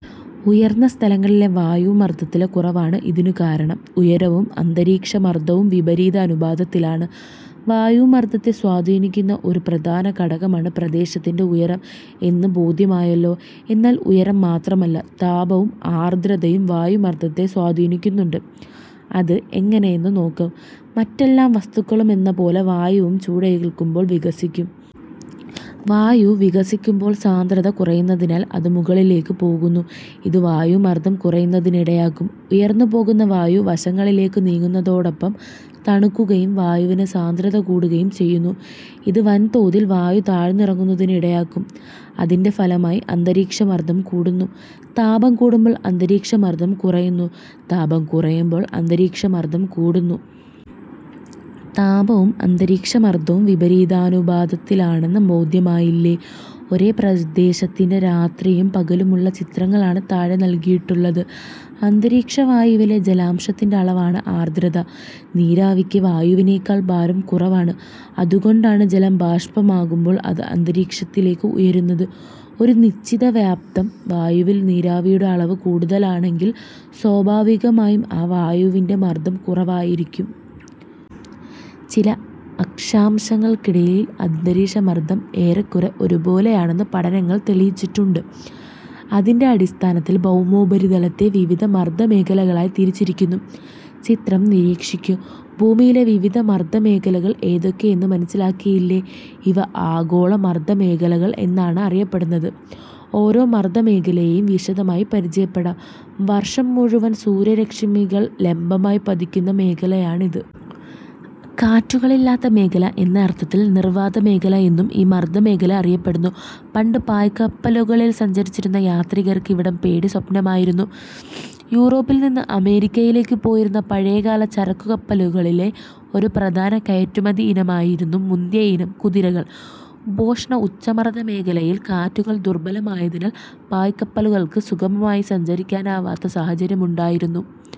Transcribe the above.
ഉയർന്ന സ്ഥലങ്ങളിലെ വായുമർദത്തിലെ കുറവാണ് ഇതിനുകാരണം. ഉയരവും അന്തരീക്ഷമർദവും വിപരീത അനുപാതത്തിലാണ്. വായുമർദത്തെ സ്വാധീനിക്കുന്ന ഒരു പ്രധാന ഘടകമാണ് പ്രദേശത്തിന്റെ ഉയരം എന്നു ബോധ്യമായല്ലോ. എന്നാൽ ഉയരം മാത്രമല്ല, താപവും ആർദ്രതയും വായുമർദത്തെ സ്വാധീനിക്കുന്നുണ്ട്. അത് എങ്ങനെയെന്നു നോക്കാം. മറ്റെല്ലാ വസ്തുക്കളുമെന്നപോലെ വായുവും ചൂടേൽക്കുമ്പോൾ വികസിക്കും. വായു വികസിക്കുമ്പോൾ സാന്ദ്രത കുറയുന്നതിനാൽ അത് മുകളിലേക്ക് പോകുന്നു. ഇത് വായുമർദം കുറയുന്നതിനിടയാക്കും. ഉയർന്നു പോകുന്ന വായു വശങ്ങളിലേക്ക് നീങ്ങുന്നതോടൊപ്പം തണുക്കുകയും വായുവിന് സാന്ദ്രത കൂടുകയും ചെയ്യുന്നു. ഇത് വൻതോതിൽ വായു താഴ്ന്നിറങ്ങുന്നതിനിടയാക്കും. അതിന്റെ ഫലമായി അന്തരീക്ഷമർദം കൂടുന്നു. താപം കൂടുമ്പോൾ അന്തരീക്ഷമർദം കുറയുന്നു. താപം കുറയുമ്പോൾ അന്തരീക്ഷമർദം കൂടുന്നു. താപവും അന്തരീക്ഷമർദവും വിപരീതാനുപാതത്തിലാണെന്ന് ബോധ്യമായില്ലേ. ഒരേ പ്രദേശത്തിന്റെ രാത്രിയും പകലുമുള്ള ചിത്രങ്ങളാണ് താഴെ നൽകിയിട്ടുള്ളത്. അന്തരീക്ഷവായുവിലെ ജലാംശത്തിന്റെ അളവാണ് ആർദ്രത. നീരാവിക്ക് വായുവിനെക്കാൾ ഭാരം കുറവാണ്. അതുകൊണ്ടാണ് ജലം ബാഷ്പമാകുമ്പോൾ അത് അന്തരീക്ഷത്തിലേക്ക് ഉയരുന്നത്. ഒരു നിശ്ചിത വ്യാപ്തം വായുവിൽ നീരാവിയുടെ അളവ് കൂടുതലാണെങ്കിൽ സ്വാഭാവികമായും ആ വായുവിന്റെ മർദം കുറവായിരിക്കും. ചില അക്ഷാംശങ്ങൾക്കിടയിൽ അന്തരീക്ഷ മർദം ഏറെക്കുറെ ഒരുപോലെയാണെന്ന് പഠനങ്ങൾ തെളിയിച്ചിട്ടുണ്ട്. അതിന്റെ അടിസ്ഥാനത്തിൽ ഭൗമോപരിതലത്തെ വിവിധ മർദമേഖലകളായി തിരിച്ചിരിക്കുന്നു. ചിത്രം നിരീക്ഷിക്കൂ. ഭൂമിയിലെ വിവിധ മർദമേഖലകൾ ഏതൊക്കെയെന്നു മനസിലാക്കിയില്ലേ. ഇവ ആഗോള മർദമേഖലകൾ എന്നാണറിയപ്പെടുന്നത്. ഓരോ മർദമേഖലയെയും വിശദമായി പരിചയപ്പെടാം. വർഷം മുഴുവൻ സൂര്യരശ്മികൾ ലംബമായി പതിക്കുന്ന മേഖലയാണിത്. കാറ്റുകളില്ലാത്ത മേഖല എന്ന അർഥത്തിൽ "നിർവാതമേഖല' എന്നും ഈ മർദ മേഖല അറിയപ്പെടുന്നു. പണ്ടു പായ്ക്കപ്പലുകളിൽ സഞ്ചരിച്ചിരുന്ന യാത്രികർക്ക് ഇവിടം പേടിസ്വപ്നമായിരുന്നു. യൂറോപ്പിൽ നിന്ന് അമേരിക്കയിലേക്ക് പോയിരുന്ന പഴയകാല ചരക്കുകപ്പലുകളിലെ ഒരു പ്രധാന കയറ്റുമതി ഇനമായിരുന്നു മുന്തിയ ഇനം കുതിരകൾ. ഉപോഷ്ണ ഉച്ചമർദമേഖലയിൽ കാറ്റുകൾ ദുർബലമായതിനാൽ പായ്ക്കപ്പലുകൾക്ക് സുഗമമായി സഞ്ചരിക്കാനാവാത്ത സാഹചര്യമുണ്ടായിരുന്നു.